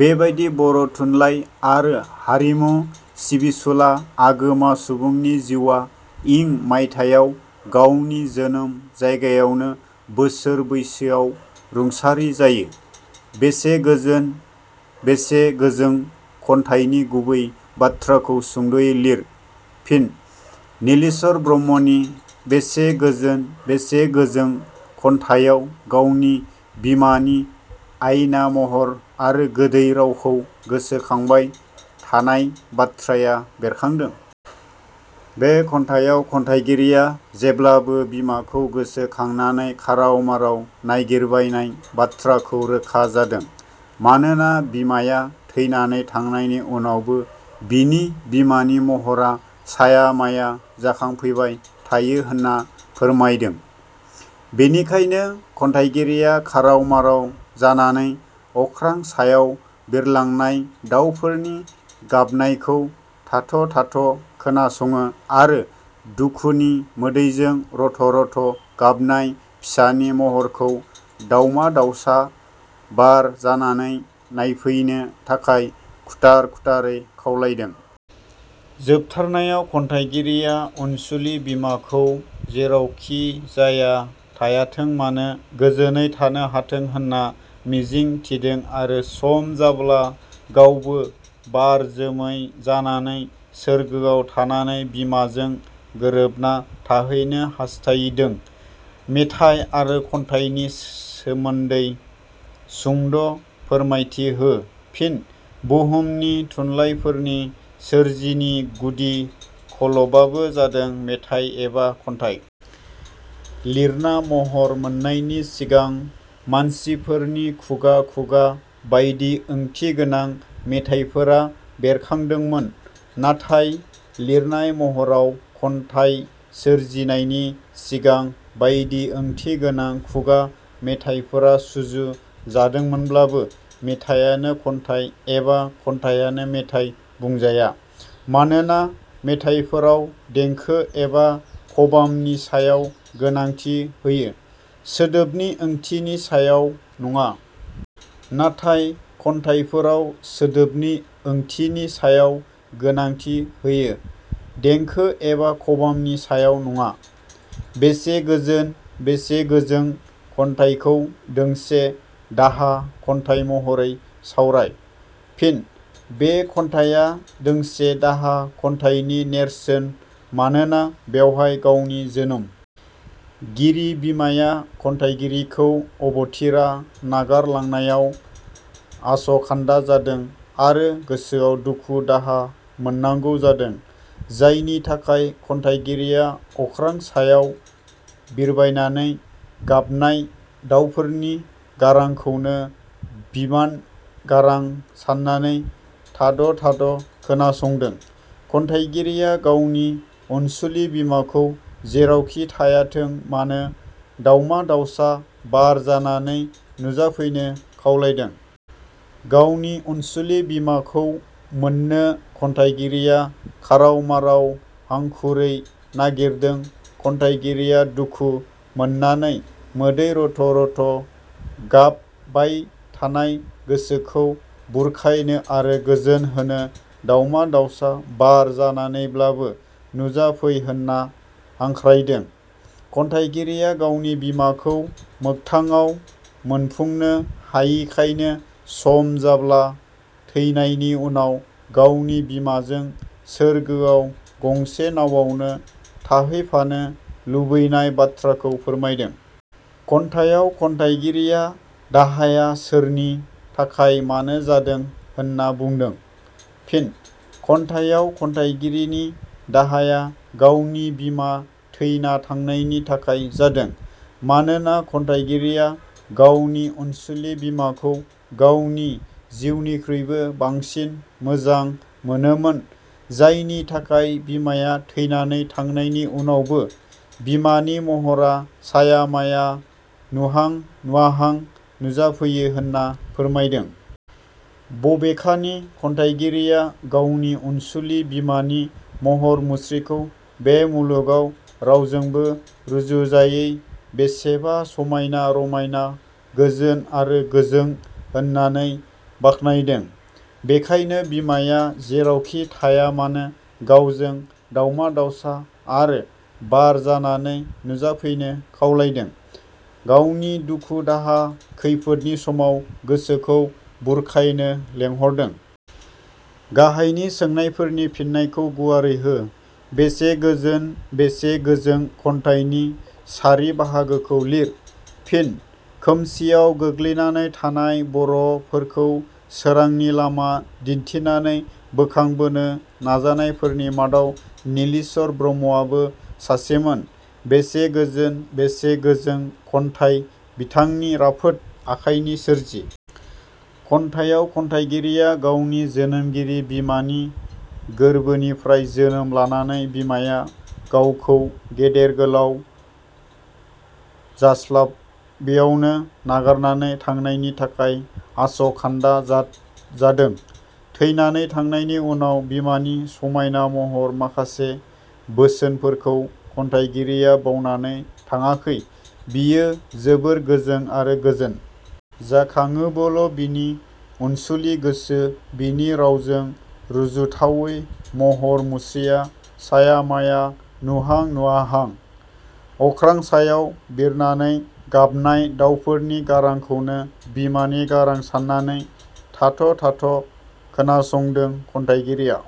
बेबादिनो बर' थुनलाइ आरो हारिमु सिबिसुला आगोमा सुबुंनि जिउवा इं मायथायाव गावनि जोनोम जायगायावनो बोसोर बैसोआव रुंसारि जायो। 'बेसे गोजोन, बेसे गोजों, खन्थाइनि गुबै बाथ्राखौ सुंदयै लिर। फिन: नीलेश्वर ब्रह्मनि "बेसे गोजोन बेसे गोजों" खन्थाइयाव गावनि बिमानि हायना महर आरो गोदै रावखौ गोसोखांबाय थानाय बाथ्राया बेरखादों। बे खन्थायाव खन्थाइगिरिया जेब्लाबो बिमाखौ गोसो खांनानै खाराव माराव नागिरबायनाय बाथ्रायाबो रोखा जादों मानोना बिमाया थैनानै थांनायनि उनावबो बिनि बिमानि महरा साया माया जाखांफैबाय थायो होनना फोरमायदों। बेनिखायनो खन्थाइगिरिया खाराव माराव जानानै अख्रां सायाव बिरलांनाय दावफोरनि गाबनायखौ थाद' थाद' खोनासङो आरो दुखुनि मोदैजों रथ' रथ' गाबनाय फिसानि महरखौ दाउमा दाउसा बार जानानै नायफैनो थाखाय खुथार खुथारै खावलायदों। जोबथारनायाव खन्थाइगिरिया अनसुलि बिमाखौ जेरावखिजाया थायाथों मानो गोजोनै थानो हाथों होनना मिजिथिदों आरो सम जाब्ला गावबो बार जोमै जानानै सोरगोआव थानानै बिमाजों गोरोबना थाहैनो हास्थायदों। मेथाइ आरो खन्थाइनि सोमान्दै सुंद फोरमायथि हो। फिन: बहुमनि थुनलाइफोरनि सोरजिनि गुदि खलबानो जादों मेथाइ एबा खन्थाइ। लिरना महर मोननायनि सिगां मानसिफोरनि खुगा खुगा बाइदि ओंथिगोनां मेथाइफोरा बेरखांदोमोन नाथाय लिरनाय महराव खन्थाइ सोरजिनायनि सिंगां बाइदि ओंथि गोनां खुगा मेथाइफोरा सुजु जादोंमोनब्लाबो मेथायानो खन्थाइ एबा खन्थाइयानो मेथाइ बुजाया। मानोना मेथायफोराव देंखो एबा खबामनि सायाव गोनांथि होयो, सोदोबनि ओंथिनि सायाव नङा। नाथाय खन्थाइफोराव सोदोबनि ओंथिनि सायाव गोनांथि होयो, देंखो एबा खबामनि सायाव नङा। 'बेसे गोजोन, बेसे गोजों खन्थाइखौ दोंसे दाहा खन्थाइ महरै सावराय। फिन: बे खन्थाइया दोंसे दाहा खन्थाइनि नेरसोन मानोना बेवहाय गावनि जोनोम गिरि बिमाया खन्थाइगिरिखौ अबथिरा नागार लांनायाव आसखान्दा जादों आरो गोसोआव दुख-दाहा मोननांगौ जादों जायनि थाखाय खन्थाइगिरिया अख्रां सायाव बिरबायनानै गाबनाय दावफोरनि गारांखोनो बिमान गारां साननानै थाद' थाद' खोनासंदों खन्थाइगिरिया गावनि अनसुलि बिमाखौ जेरावखि थायाथों मानो दावमा दावसा बार जानानै नुजाफैनो खावलायदों। गावनि अनसुलि बिमाखौ मोननो खन्थाइगिरिया खाराव माराव हांखुरै नागिरदों खन्थाइगिरिया दुखु मोननानै मोदै रथ' रथ' गाबबाय थानाय गोसोखो बुरखायनो आरो गोजोन होनो दावमा दावसा बार जानानैब्लाबो नुजाफै होनना हांख्रायदों खन्थाइगिरिया गावनि बिमाखौ मोगथाङाव मोनफुंनो हायैखायनो सम जाब्ला थैनायनि उनाव गावनि बिमाजों सोरगोआव गंसे नवावनो थाहैफानो लुबैनाय बाथ्राखौ फोरमायदों। खन्थाइयाव खन्थाइगिरिनि दाहाया सोरनि थाखाय मानो जादों होनना बुदों? फिनः खन्थाइयाव खन्थाइगिरिनि दाहाया गावनि बिमा थैना थांनायनि थाखाय जादों। मानोना खन्थाइगिरिया गावनि अनसुलि बिमाखौ गावनि जिउनिखुइबो बांसिन मोजां मोनोमोन जायनि थाखाय बिमाया थैनानै थांनायनि उनावबो बिमानि महरा साया माया नुहांनुवाहां नुजाफैयो होनना फोरमायदों। बबेखानि खन्थाइगिरिया गावनि अनसुलि बिमानि महर मुस्रिखौ बे मुलुगाव रावजोंबो रुजुजायै बेसेबा समायना- रमायना गोजोन आरो गोजों होननानै बाखनायदों। बेखायनो बिमाया जेरावखि थायामानो गावजों दावमा-दावसा आरो बार जानानै नुजाफैनो खावलायदों गावनि दुखु दाहा खैफोदनि समाव गोसोखौ बुरखायनो लेंहरदों। गाहायनि सोंनाफोरनि फिननायखौ गुवारै हो 'बेसे गोजोन बेसे गोजों खन्थाइनि सार बाहागोखौ लिर। फिनः खोमसियाव गोग्लैसोनानै थानाय बर 'फोरखौ सोरांनि लामा दिन्थिनानै बोखांबोनो नाजानायफोरनि मादाव नीलेश्वर ब्रह्मवाबो सासेमोन बेसे गोजोन बेसे गोजों खन्थाइयख बिथांनि राफोद आखाइनि सोरजि। खन्थाइयाव खन्थाइगिरिया गावनि जोनोमगिरि बिमानि गोरबोनिफ्राय जोनोम लानानै बिमाया गावखौ गेदेर गोलाव जास्लाबेयावनो नागारनानै थांनायनि थाखाय आस 'खान्दा जादों थैनानै थांनायनि उनाव बिमानि समायना महर, माखासे बोसोनफोरखौ खन्थाइगिरिया बावनानै थाङाखै बियो जोबोरै गोजों आरो गोजोन। जाखांयोबोल' बिनि अनसुलि गोसो, बिनि रावजोंबो रुजुजाथावै महर मुस्रिया साया माया नुहां- नुवाहां। अख्रां सायाव बिरबायनानै गाबनाय दावफोरनि गारांखौनो बिमानि गारां साननानै थाद' थाद' खोनासंदों खन्थाइगिरिया।